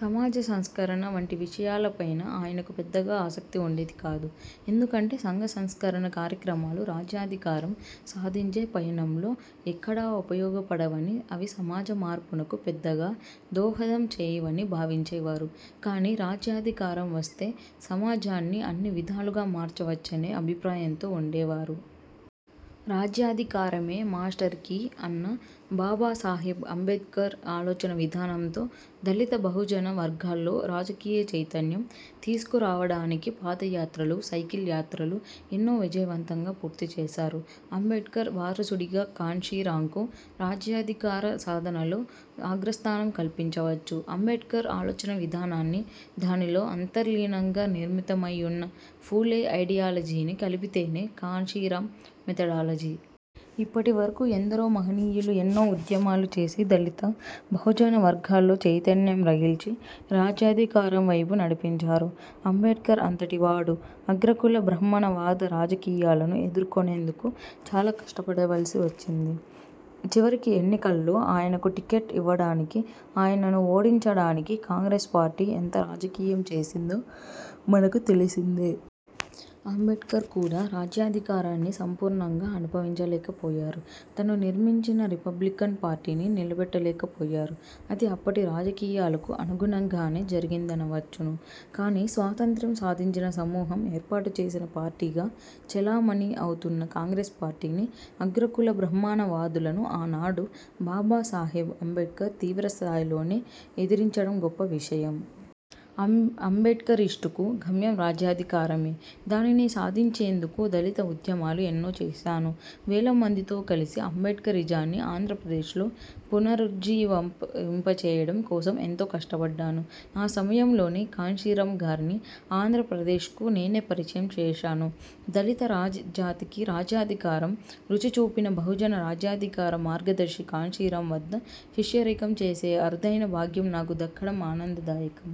సమాజ సంస్కరణ వంటి విషయాలపైన ఆయనకు పెద్దగా ఆసక్తి ఉండేది కాదు. ఎందుకంటే సంఘ సంస్కరణ కార్యక్రమాలు రాజ్యాధికారం సాధించే పయనంలో ఎక్కడా ఉపయోగపడవని, అవి సమాజ మార్పునకు పెద్దగా దోహదం చేయవని భావించే వారు. కాని రాజ్యాధికారం వస్తే సమాజాన్ని అన్ని విధాలుగా మార్చవచ్చనే అభిప్రాయంతో ఉండేవారు. రాజ్యాధికారమే ''మాస్టర్ కీ'' అన్న బాబాసాహెబ్ అంబేడ్కర్ ఆలోచన విధానంతో దళిత, బహుజన వర్గాల్లో రాజకీయ చైతన్యం తీసుకురావడానికి పాదయాత్రలు, సైకిల్ యాత్రలు ఎన్నో విజయవంతంగా పూర్తి చేశారు. అంబేడ్కర్ వారసుడిగా కాన్షీరాంకు రాజ్యాధికార సాధనలో అగ్రస్థానం కల్పించవచ్చు. అంబేడ్కర్ ఆలోచన విధానాన్ని, దానిలో అంతర్లీనంగా నిర్మితమైయున్న ఫూలే ఐడియాలజీని కలిపితేనే కాన్షీరాం మెథడాలజీ. ఇప్పటి వరకు ఎందరో మహనీయులు ఎన్నో ఉద్యమాలు చేసి దళిత, బహుజన వర్గాల్లో చైతన్యం రగిల్చి, రాజ్యాధికారం వైపు నడిపించారు. అంబేడ్కర్ అంతటి వాడు అగ్రకుల, బ్రహ్మణవాద రాజకీయాలను ఎదుర్కొనేందుకు చాలా కష్టపడవలసి వచ్చింది. చివరికి ఎన్నికల్లో ఆయనకు టిక్కెట్ ఇవ్వడానికి, ఆయనను ఓడించడానికి కాంగ్రెస్ పార్టీ ఎంత రాజకీయం చేసిందో మనకు తెలిసిందే. అంబేడ్కర్ కూడా రాజ్యాధికారాన్ని సంపూర్ణంగా అనుభవించ లేకపోయారు. తను నిర్మించిన రిపబ్లికన్ పార్టీని నిలబెట్టలేకపోయారు. అది అప్పటి రాజకీయాలకు అనుగుణంగానే జరిగిందనవచ్చును. కానీ స్వాతంత్య్రం సాధించిన సమూహం ఏర్పాటు చేసిన పార్టీగా చెలామణి అవుతున్న కాంగ్రెస్ పార్టీని, అగ్రకుల బ్రహ్మాణవాదులను ఆనాడు బాబాసాహెబ్ అంబేడ్కర్ తీవ్రస్థాయిలోనే ఎదిరించడం గొప్ప విషయం. అంబేడ్కరిస్టుకు గమ్యం రాజ్యాధికారమే. దానిని సాధించేందుకు దళిత ఉద్యమాలు ఎన్నో చేశాను. వేలమందితో కలిసి అంబేడ్కరిజాన్ని ఆంధ్రప్రదేశ్లో పునరుజ్జీవింపచేయడం కోసం ఎంతో కష్టపడ్డాను. ఆ సమయంలోనే కాన్షీరాం గారిని ఆంధ్రప్రదేశ్కు నేనే పరిచయం చేశాను. దళిత జాతికి రాజ్యాధికారం రుచిచూపిన బహుజన రాజ్యాధికార మార్గదర్శి కాన్షీరాం వద్ద శిష్యరికం చేసే అరుదైన భాగ్యం నాకు దక్కడం ఆనందదాయకం.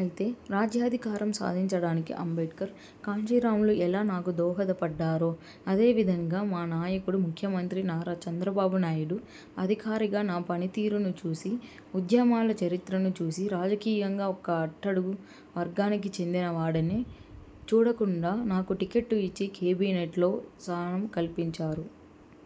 అయితే రాజ్యాధికారం సాధించడానికి అంబేడ్కర్, కాన్షీరాంలు ఎలా నాకు దోహదపడ్డారో అదే విధంగా మా నాయకుడు, ముఖ్యమంత్రి నారా చంద్రబాబు నాయుడు అధికారిగా నా పనితీరును చూసి ఉద్యమాల చరిత్రను చూసి రాజకీయంగా ఒక అట్టడుగు వర్గానికి చెందినవాడినని చూడకుండా, నాకు టిక్కెట్టు ఇచ్చి, కేబినేట్లో స్థానం కల్పించారు.